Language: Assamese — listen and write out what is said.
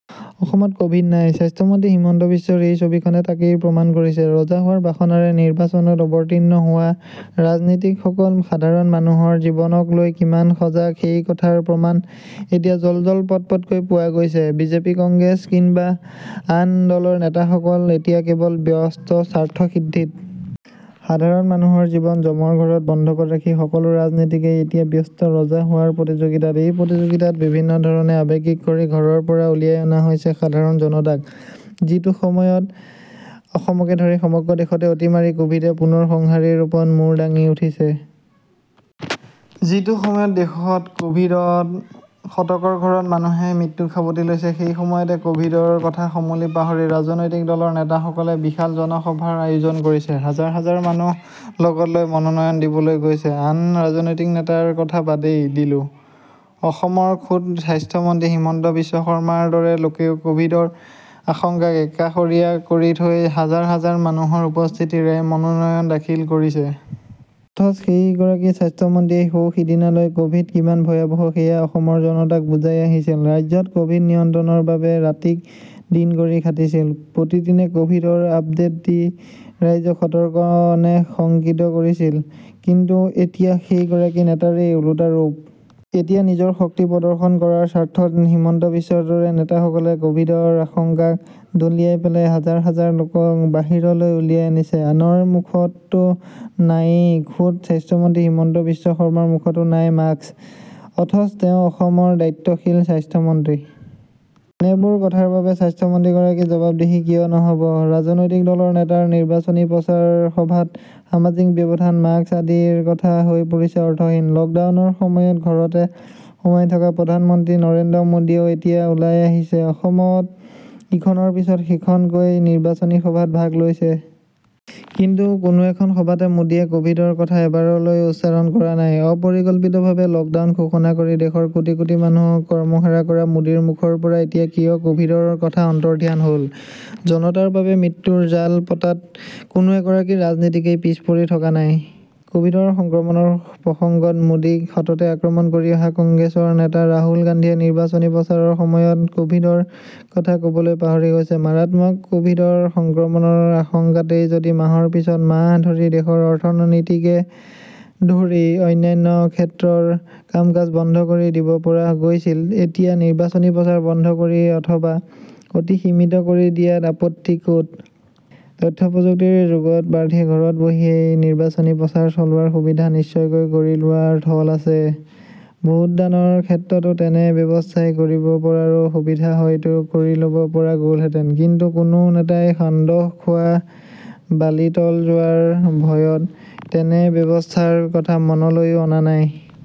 অসমত কোভিড নাই, স্বাস্থ্যমন্ত্ৰী হিমন্ত বিশ্বৰ এই ছবিখনে তাকেই প্ৰমাণ কৰিছে। ৰজা হোৱাৰ বাসনাৰে নিৰ্বাচনত অৱতীৰ্ণ হোৱা ৰাজনীতিক সকল সাধাৰণ মানুহৰ জীৱনকলৈ কিমান সজাগ সেই কথাৰ প্ৰমাণ এতিয়া জলজল-পটপটকৈ পোৱা গৈছে। বিজেপি কংগ্ৰেছ কিম্বা আন দলৰ নেতাসকল এতিয়া কেৱল ব্যস্ত স্বাৰ্থ সিদ্ধিত। সাধাৰণ মানুহৰ জীৱন যমৰ ঘৰত বন্ধকত ৰাখি সকলো ৰাজনীতিকেই এতিয়া ব্যস্ত ৰজা হোৱাৰ প্ৰতিযোগিতাত। এই প্ৰতিযোগিতাত বিভিন্ন ধৰণে আবেগিক কৰি ঘৰৰ পৰা উলিয়াই অনা হৈছে সাধাৰণ জনতাক। যিটো সময়ত অসমকে ধৰি সমগ্ৰ দেশতে অতিমাৰী কোভিডে পুনৰ সংহাৰী ৰূপত মূৰ দাঙি উঠিছে। যিটো সময়ত দেশত কোভিডত শতকৰ ঘৰত মানুহে মৃত্যুক সাৱটি লৈছে, সেই সময়তে কোভিডৰ কথা সমূলি পাহৰি ৰাজনৈতিক দলৰ নেতাসকলে বিশাল জনসভাৰ আয়োজন কৰিছে। হাজাৰ হাজাৰ মানুহ লগতলৈ মনোনয়ন দিবলৈ গৈছে। আন ৰাজনৈতিক নেতাৰ কথা বাবেই দিলো অসমৰ খোদ স্বাস্থ্য মন্ত্ৰী হিমন্ত বিশ্ব শৰ্মাৰ দৰে লোকেও কোভিডৰ আশংকাক একাষৰীয়া কৰি থৈ হাজাৰ হাজাৰ মানুহৰ উপস্থিতিৰে মনোনয়ন দাখিল কৰিছে। অথচ সেই গৰাকী স্বাস্থ্য মন্ত্ৰীয়েই সৌ সিদিনালৈ কোভিড কিমান ভয়াৱহ সেয়া অসমৰ জনতাক বুজাই আহিছিল। ৰাজ্যত কোভিড নিয়ন্ত্ৰণৰ বাবে ৰাতিক দিন কৰি খাটিছিল। প্ৰতিদিনে কোভিডৰ আপডেট দি ৰাইজক সতৰ্ক নে শংকিত কৰিছিল। কিন্তু এতিয়া সেই গৰাকী নেতাৰেই ওলোটা ৰূপ। এতিয়া নিজৰ শক্তি প্ৰদৰ্শন কৰাৰ স্বাৰ্থত হিমন্ত বিশ্বৰ দৰে নেতাসকলে কোভিডৰ আশংকাক দলিয়াই পেলাই হাজাৰ হাজাৰ লোকক বাহিৰলৈ উলিয়াই আনিছে। আনৰ মুখততো নায়েই খোদ স্বাস্থ্যমন্ত্ৰী হিমন্ত বিশ্ব শৰ্মাৰ মুখতো নাই মাস্ক। অথচ তেওঁ অসমৰ দায়িত্বশীল স্বাস্থ্যমন্ত্ৰী। এনেবোৰ কথাৰ বাবে স্বাস্থ্যমন্ত্ৰীগৰাকী জবাবদিহি কিয় নহব। ৰাজনৈতিক দলৰ নেতাৰ নিৰ্বাচনী প্ৰচাৰ সভাত সামাজিক ব্যৱধান মাস্ক আদিৰ কথা হৈ পৰিছে অৰ্থহীন। লকডাউনৰ সময়ত ঘৰতে সোমাই থকা প্ৰধানমন্ত্ৰী নৰেন্দ্ৰ মোদীয়েও এতিয়া ওলাই আহিছে। অসমত ইখনৰ পিছত সিখনকৈ নিৰ্বাচনী সভাত ভাগ লৈছে। কিন্তু কোনো এখন সভাতে মোদীয়ে কোভিডৰ কথা এবাৰলৈও উচ্চাৰণ কৰা নাই। অপৰিকল্পিত ভাবে লকডাউন ঘোষণা কৰি দেশৰ কোটি কোটি মানুহক কৰ্মহাৰা কৰা মোদীৰ মুখৰ পৰা এতিয়া কিয় কোভিডৰ কথা অন্তৰ্ধান হ'ল ।জনতাৰ বাবে মৃত্যুৰ জাল পতাত কোনো এগৰাকী ৰাজনীতিকেই পিছ পৰি থকা নাই। কোভিডৰ সংক্ৰমণৰ প্ৰসংগত মোদীক সততে আক্ৰমণ কৰি অহা কংগ্ৰেছৰ নেতা ৰাহুল গান্ধীয়ে নিৰ্বাচনী প্ৰচাৰৰ সময়ত কোভিডৰ কথা কবলৈ পাহৰি গৈছে। মাৰাত্মক কোভিডৰ সংক্ৰমণৰ আশংকাতেই যদি মাহৰ পিছত মাহ ধৰি দেশৰ অৰ্থনীতিকে ধৰি অন্যান্য ক্ষেত্ৰৰ কামকাজ বন্ধ কৰি দিব পৰা গৈছিল, এতিয়া নিৰ্বাচনী প্ৰচাৰ বন্ধ কৰি অথবা অতি সীমিত কৰি দিয়াত আপত্তি ক'ত? তথ্য প্ৰযুক্তিৰ যুগত প্ৰাৰ্থীয়ে ঘৰত বহিয়েই নিৰ্বাচনী প্ৰচাৰ চলোৱাৰ সুবিধা নিশ্চয়কৈ কৰি লোৱাৰ থল আছে। ভোটদানৰ ক্ষেত্ৰতো তেনে ব্যৱস্থাই কৰিব পৰাৰো সুবিধা হয়তো কৰি ল'ব পৰা গলহেঁতেন। কিন্তু কোনো নেতাই সান্দহ খোৱা বালি তল যোৱাৰ ভয়ত তেনে ব্যৱস্থাৰ কথা মনলৈও অনা নাই।